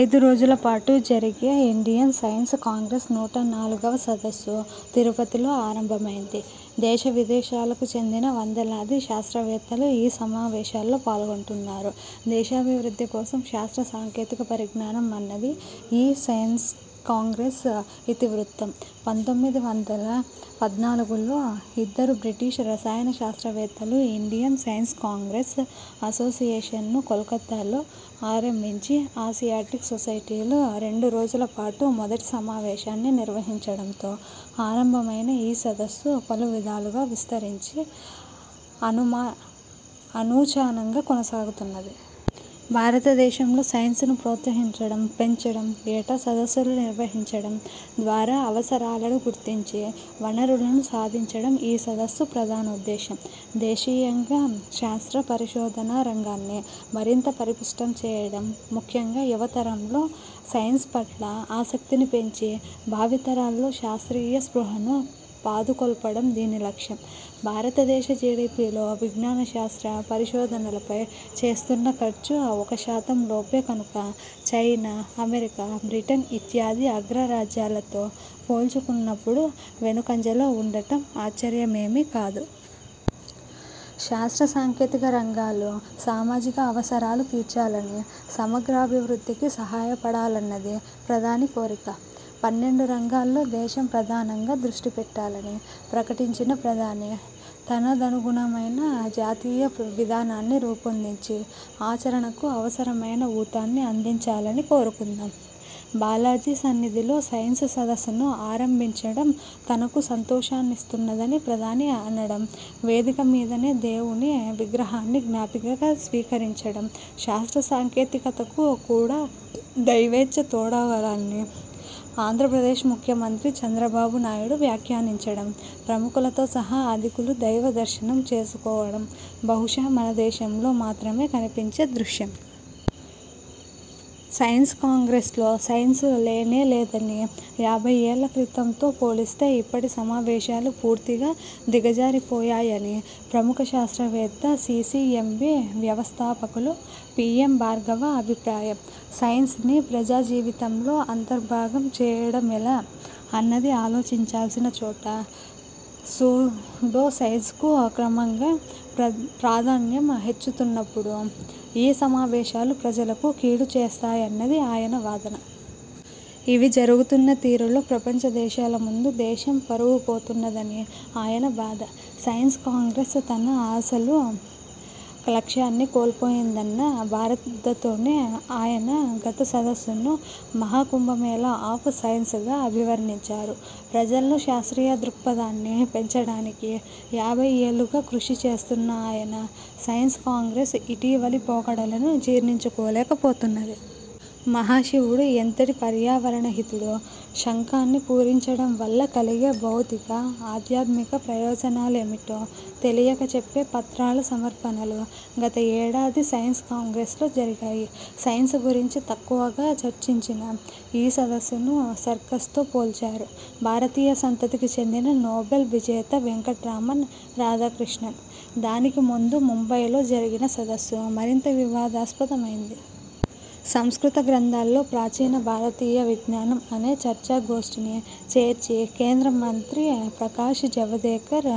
ఐదురోజుల పాటు జరిగే Indian science Congress నూట నాలుగువ సదస్సు తిరుపతిలో ఆరంభమైంది. దేశవిదేశాలకు చెందిన వందలాది శాస్త్రవేత్తలు ఈ సమావేశాల్లో పాల్గొంటున్నారు. 'దేశాభివృద్ధి కోసం శాస్త్ర సాంకేతిక పరిజ్ఞానం' అన్నది ఈ సైన్స్కాంగ్రెస్ ఇతి వృత్తం. పంతొమ్మిది వందల పద్నాలుగులో ఇద్దరు బ్రిటిష్ రసాయనశాస్త్రవేత్తలు ఇండియన్ సైన్స్కాంగ్రెస్ అసోసియేషన్ను కోల్కతాలో ఆరంభించి, ఆసియాటిక్ సొసైటీలో రెండురోజులపాటు మొదటి సమావేశాన్ని నిర్వహించడంతో ఆరంభమైన ఈసదస్సు పలువిధాలుగా విస్తరించి అనుమ అనూచానంగా కొనసాగుతున్నది. భారతదేశంలో సైన్స్ను ప్రోత్సహించడం, పెంచడం, ఏటా సదస్సులు నిర్వహించడం ద్వారా అవసరాలను గుర్తించి వనరులను సాధించడం ఈ సదస్సు ప్రధానోద్దేశం. దేశీయంగా శాస్త్ర, పరిశోధనారంగాన్ని మరింత పరిపుష్టం చేయడం, ముఖ్యంగా యువతరంలో సైన్స్పట్ల ఆసక్తిని పెంచి, భావితరాల్లో శాస్త్రీయ స్పృహను పాదుకొల్పడం దీని లక్ష్యం. భారతదేశ జీడీపీలో విజ్ఞానశాస్త్ర పరిశోధనలపై చేస్తున్న ఖర్చు ఒకశాతంలోపే కనుక, చైనా, అమెరికా, బ్రిటన్ ఇత్యాది అగ్రరాజ్యాలతో పోల్చుకున్నప్పుడు వెనుకంజలో ఉండటం ఆశ్చర్యమేమీ కాదు. శాస్త్ర సాంకేతిక రంగాలు సామాజిక అవసరాలు తీర్చాలనీ, సమగ్రాభివృద్ధికి సహాయపడాలన్నది ప్రధాని కోరిక. పన్నెండు రంగాల్లో దేశం ప్రధానంగా దృష్టిపెట్టాలని ప్రకటించిన ప్రధాని తదనుగుణమైన జాతీయ విధానాన్ని రూపొందించి ఆచరణకు అవసరమైన ఊతాన్ని అందించాలని కోరుకుందాం. బాలాజీ సన్నిధిలో సైన్స్ సదస్సును ఆరంభించడం తనకు సంతోషాన్నిస్తున్నదని ప్రధాని అనడం, వేదికమీదనే దేవుని విగ్రహాన్ని జ్ఞాపికగా స్వీకరించడం, శాస్త్ర సాంకేతికతకు కూడా దైవేచ్ఛ తోడవాలని ఆంధ్రప్రదేశ్ ముఖ్యమంత్రి చంద్రబాబు నాయుడు వ్యాఖ్యానించడం, ప్రముఖులతో సహా అధికులు దైవ దర్శనం చేసుకోవడం బహుశా మనదేశంలో మాత్రమే కనిపించే దృశ్యం. సైన్స్కాంగ్రెస్లో సైన్స్ లేనేలేదనీ, యాభైయ్యేళ్ళ క్రితంతో పోలిస్తే ఇప్పటి సమావేశాలు పూర్తిగా దిగజారిపోయాయని ప్రముఖ శాస్త్రవేత్త, సీసీఎంబీ వ్యవస్థాపకులు పీఎం భార్గవ అభిప్రాయం. సైన్స్ని ప్రజాజీవితంలో అంతర్భాగం చేయడమెలా అన్నది ఆలోచించాల్సిన చోట, సూడోసైన్స్కు క్రమంగా ప్ర ప్రాధాన్యం హెచ్చుతున్నప్పుడు ఈ సమావేశాలు ప్రజలకు కీడుచేస్తాయన్నది ఆయన వాదన. ఇవి జరుగుతున్న తీరుతో ప్రపంచదేశాల ముందు దేశం పరువుపోతున్నదని ఆయన బాధ. సైన్స్కాంగ్రెస్ తన అసలు లక్ష్యాన్ని కోల్పోయిందన్న బాధతోనే ఆయన గత సదస్సును 'మహాకుంభమేళా ఆఫ్ సైన్స్' గా అభివర్ణించారు. ప్రజల్లో శాస్త్రీయ దృక్పథాన్ని పెంచడానికి యాభైయ్యేళ్ళుగా కృషి చేస్తున్న ఆయన, సైన్స్కాంగ్రెస్ ఇటీవలి పోకడలను జీర్ణించుకోలేకపోతున్నారు. మహాశివుడు ఎంతటి పర్యావరణ హితుడో, శంఖాన్ని పూరించడంవల్ల కలిగే భౌతిక, ఆధ్యాత్మిక ప్రయోజనాలేమిటో తెలియచెప్పే పత్రాల సమర్పణలు గత ఏడాది సైన్స్కాంగ్రెస్లో జరిగాయి. సైన్స్ గురించి తక్కువగా చర్చించిన ఈ సదస్సును సర్కస్తో పోల్చారు భారతీయ సంతతికి చెందిన నోబెల్ విజేత వెంకట్రామన్ రామకృష్ణన్. దానికి ముందు ముంబైలోజరిగిన సదస్సు మరింత వివాదాస్పదమైంది. సంస్కృత గ్రంథాల్లో ప్రాచీన భారతీయ విజ్ఞానం అనే చర్చాగోష్ఠిని చేర్చి కేంద్రమంత్రి ప్రకాష్ జవదేకర్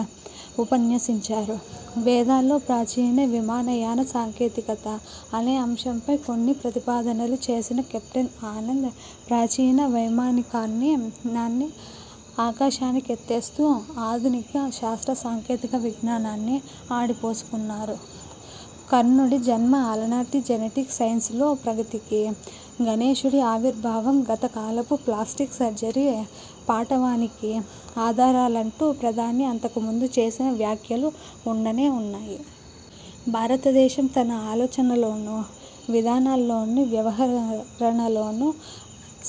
ఉపన్యసించారు. 'వేదాల్లో ప్రాచీన విమానయాన సాంకేతికత' అనే అంశంపై కొన్ని ప్రతిపాదనలు చేసిన కెప్టెన్ ఆనంద్ ప్రాచీన వైమానికయానాన్ని ఆకాశానికెత్తేస్తూ ఆధునిక శాస్త్ర సాంకేతిక విజ్ఞానాన్ని ఆడిపోసుకున్నారు. కర్ణుడి జన్మ అలనాటి జెనెటిక్ సైన్సులో ప్రగతికీ, గణేషుడి ఆవిర్భావం గతకాలపు ప్లాస్టిక్ సర్జరీ పాటవానికీ ఆధారాలంటూ ప్రధాని అంతకుముందు చేసిన వ్యాఖ్యలు ఉండనే ఉన్నాయి. భారతదేశం తన ఆలోచనలోనూ, విధానాల్లోనూ, వ్యవహరణలోనూ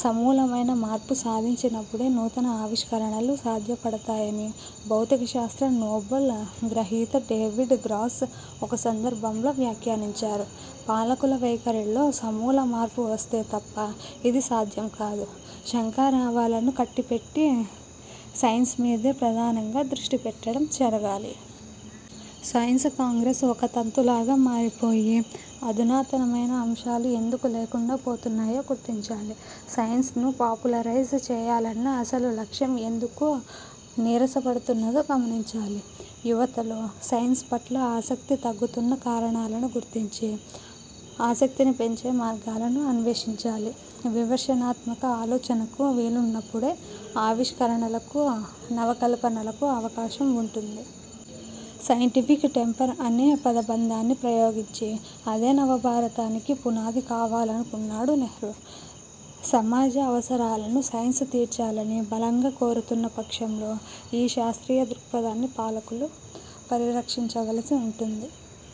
సమూలమైన మార్పు సాధించినప్పుడే నూతన ఆవిష్కరణలు సాధ్యపడతాయని భౌతికశాస్త్ర నోబెల్ గ్రహీత డేవిడ్ గ్రాస్ ఒక సందర్భంలో వ్యాఖ్యానించారు. పాలకుల వైఖరిలో సమూల మార్పు వస్తే తప్ప ఇది సాధ్యం కాదు. శంఖారావాలను కట్టిపెట్టి సైన్స్మీదే ప్రధానంగా దృష్టిపెట్టడం జరగాలి. సైన్స్ కాంగ్రెస్ ఒక తంతులాగా మారిపోయి, ఆధునాతనమైన అంశాలు ఎందుకు లేకుండా పోతున్నాయో గుర్తించాలి. సైన్స్ను పాపులరైజ్ చేయాలన్న అసలు లక్ష్యం ఎందుకు నీరసపడుతున్నదో గమనించాలి. యువతలో సైన్స్పట్ల ఆసక్తి తగ్గుతున్న కారణాలను గుర్తించి, ఆసక్తిని పెంచే మార్గాలను అన్వేషించాలి. విమర్శనాత్మక ఆలోచనకు వీలున్నప్పుడే ఆవిష్కరణలకూ నవకల్పనలకూ అవకాశం ఉంటుంది. సైంటిఫిక్ టెంపర్ అనే పదబంధాన్ని ప్రయోగించి అదే నవభారతానికి పునాది కావాలనుకున్నాడు నెహ్రూ. సమాజ అవసరాలను సైన్స్ తీర్చాలని బలంగా కోరుతున్న పక్షంలో ఈ శాస్త్రీయ దృక్పథాన్ని పాలకులు పరిరక్షించవలసి ఉంటుంది.